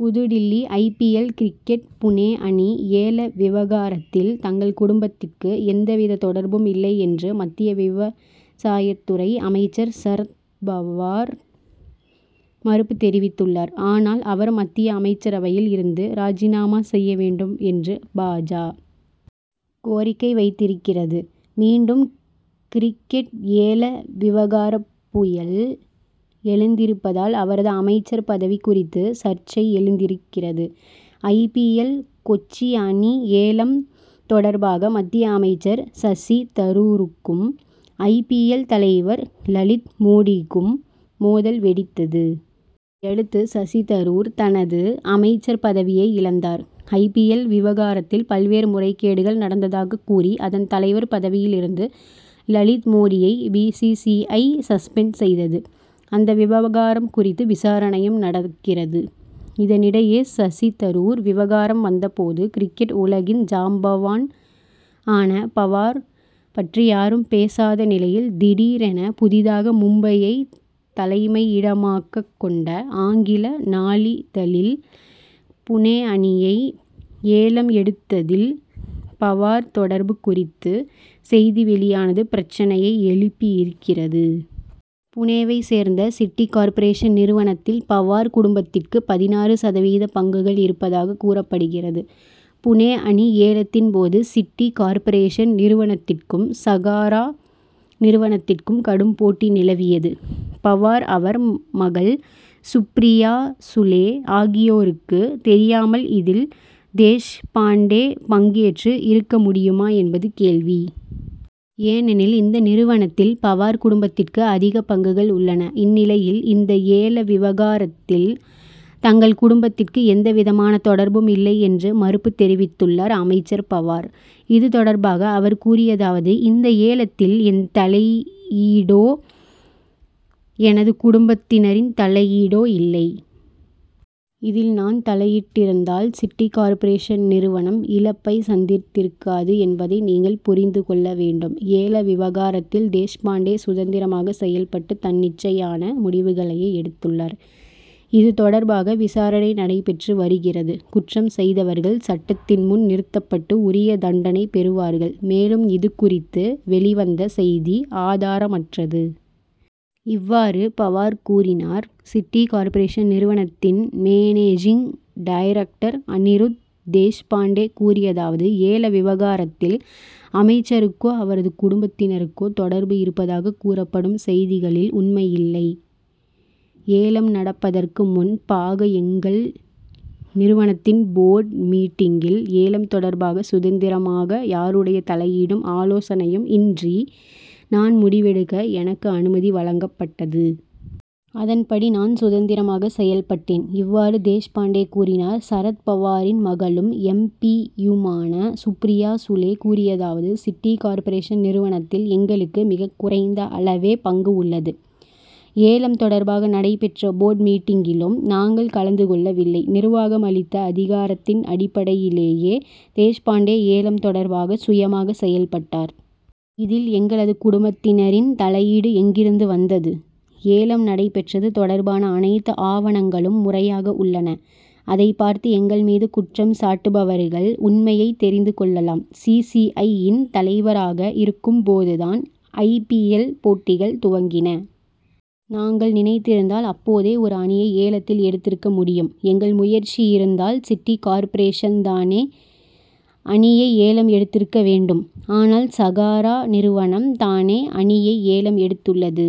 New Delhi I. P. L. Cricket Pune அணி ஏல விவகாரத்தில் தங்கள் குடும்பத்திற்கு எந்தவித தொடர்பும் இல்லை என்று மத்திய விவசாயத்துறை அமைச்சர் சரத் பவார் மறுப்பு தெரிவித்துள்ளார். ஆனால் அவர் மத்திய அமைச்சரவையில் இருந்து ராஜினாமா செய்ய வேண்டும் என்று பா. ஜ. கோரிக்கை வைத்திருக்கிறது. மீண்டும் கிரிக் கெட் ஏல விவகாரப் புயல் எழுந்திருப்பதால் அவரது அமைச்சர் பதவி குறித்து சர்ச்சை எழுந்திருக்கிறது. ஐ. பி. எல். கொச்சி அணி ஏலம் தொடர்பாக மத்திய அமைச்சர் சசி தரூருக்கும் ஐ. பி. எல். தலைவர் லலித் மோடிக்கும் மோதல் வெடித்தது. இதையடுத்து சசி தரூர் தனது அமைச்சர் பதவியை இழந்தார். ஐ. பி. எல். விவகாரத்தில் பல்வேறு முறைகேடுகள் நடந்ததாகக் கூறி அதன் தலைவர் பதவியிலிருந்து லலித் மோடியை B. C. C. I. Suspend செய்தது. அந்த விவகாரம் குறித்து விசாரணையும் நடக்கிறது. இதனிடையே சசி தரூர் விவகாரம் வந்த போது கிரிக்கெட் உலகின் ஜாம்பவான் ஆன பவார் பற்றி யாரும் பேசாத நிலையில் திடீரென புதிதாக மும்பையைத் தலைமையிடமாகக் கொண்ட ஆங்கில நாளிதழில் புனே அணியை ஏலம் எடுத்ததில் பவார் தொடர்பு குறித்து செய்தி வெளியானது பிரச்னையை எழுப்பியிருக்கிறது. புனேவை சேர்ந்த சிட்டி கார்ப்பரேஷன் நிறுவனத்தில் பவார் குடும்பத்திற்கு பதினாறு சதவீத பங்குகள் இருப்பதாக கூறப்படுகிறது. புனே அணி ஏலத்தின் போது சிட்டி கார்ப்பரேஷன் நிறுவனத்திற்கும் சகாரா நிறுவனத்திற்கும் கடும் போட்டி நிலவியது. பவார் அவர் மகள் சுப்ரியா சுலே ஆகியோருக்கு தெரியாமல் இதில் தேஷ்பாண்டே பங்கேற்று இருக்க முடியுமா என்பது கேள்வி. ஏனெனில் இந்த நிறுவனத்தில் பவார் குடும்பத்திற்கு அதிக பங்குகள் உள்ளன. இந்நிலையில் இந்த ஏல விவகாரத்தில் தங்கள் குடும்பத்திற்கு எந்தவிதமான தொடர்பும் இல்லை என்று மறுப்பு தெரிவித்துள்ளார் அமைச்சர் பவார். இதுதொடர்பாக அவர் கூறியதாவது இந்த ஏலத்தில் என் தலையீடோ எனது குடும்பத்தினரின் தலையீடோ இல்லை. இதில் நான் தலையிட்டிருந்தால் சிட்டி கார்ப்பரேஷன் நிறுவனம் இழப்பை சந்தித்திருக்காது என்பதை நீங்கள் புரிந்துகொள்ள வேண்டும். ஏல விவகாரத்தில் தேஷ்பாண்டே சுதந்திரமாக செயல்பட்டு தன்னிச்சையான முடிவுகளையே எடுத்துள்ளார். இதுதொடர்பாக விசாரணை நடைபெற்று வருகிறது. குற்றம் செய்தவர்கள் சட்டத்தின் முன் நிறுத்தப்பட்டு உரிய தண்டனை பெறுவார்கள். மேலும் இது குறித்து வெளிவந்த செய்தி ஆதாரமற்றது. இவ்வாறு பவார் கூறினார். சிட்டி கார்ப்பரேஷன் நிறுவனத்தின் மேனேஜிங் டைரக்டர் அனிருத் தேஷ்பாண்டே கூறியதாவது ஏல விவகாரத்தில் அமைச்சருக்கோ அவரது குடும்பத்தினருக்கோ தொடர்பு இருப்பதாக கூறப்படும் செய்திகளில் உண்மையில்லை. ஏலம் நடப்பதற்கு முன் பாக எங்கள் நிறுவனத்தின் போர்டு மீட்டிங்கில் ஏலம் தொடர்பாக சுதந்திரமாக யாருடைய தலையீடும் ஆலோசனையும் இன்றி நான் முடிவெடுக்க எனக்கு அனுமதி வழங்கப்பட்டது. அதன்படி நான் சுதந்திரமாக செயல்பட்டேன். இவ்வாறு தேஷ்பாண்டே கூறினார். சரத் பவாரின் மகளும் எம். பி. யுமான சுப்ரியா சுலே கூறியதாவது சிட்டி கார்ப்பரேஷன் நிறுவனத்தில் எங்களுக்கு மிகக் குறைந்த அளவே பங்கு உள்ளது. ஏலம் தொடர்பாக நடைபெற்ற போர்டு மீட்டிங்கிலும் நாங்கள் கலந்துகொள்ளவில்லை. நிர்வாகம் அளித்த அதிகாரத்தின் அடிப்படையிலேயே தேஷ்பாண்டே ஏலம் தொடர்பாக சுயமாக செயல்பட்டார். இதில் எங்களது குடும்பத்தினரின் தலையீடு எங்கிருந்து வந்தது? ஏலம் நடைபெற்றது தொடர்பான அனைத்து ஆவணங்களும் முறையாக உள்ளன. அதைப் பார்த்து எங்கள் மீது குற்றம் சாட்டுபவர்கள் உண்மையை தெரிந்து கொள்ளலாம். சி. சி. ஐ. யின் தலைவராக இருக்கும்போதுதான் ஐ. பி. எல். போட்டிகள் துவங்கின. நாங்கள் நினைத்திருந்தால் அப்போதே ஒரு அணியை ஏலத்தில் எடுத்திருக்க முடியும். எங்கள் முயற்சி இருந்தால் சிட்டி கார்ப்பரேஷன்தானே அணியை ஏலம் எடுத்திருக்க வேண்டும். ஆனால் சகாரா நிறுவனம் தானே அணியை ஏலம் எடுத்துள்ளது?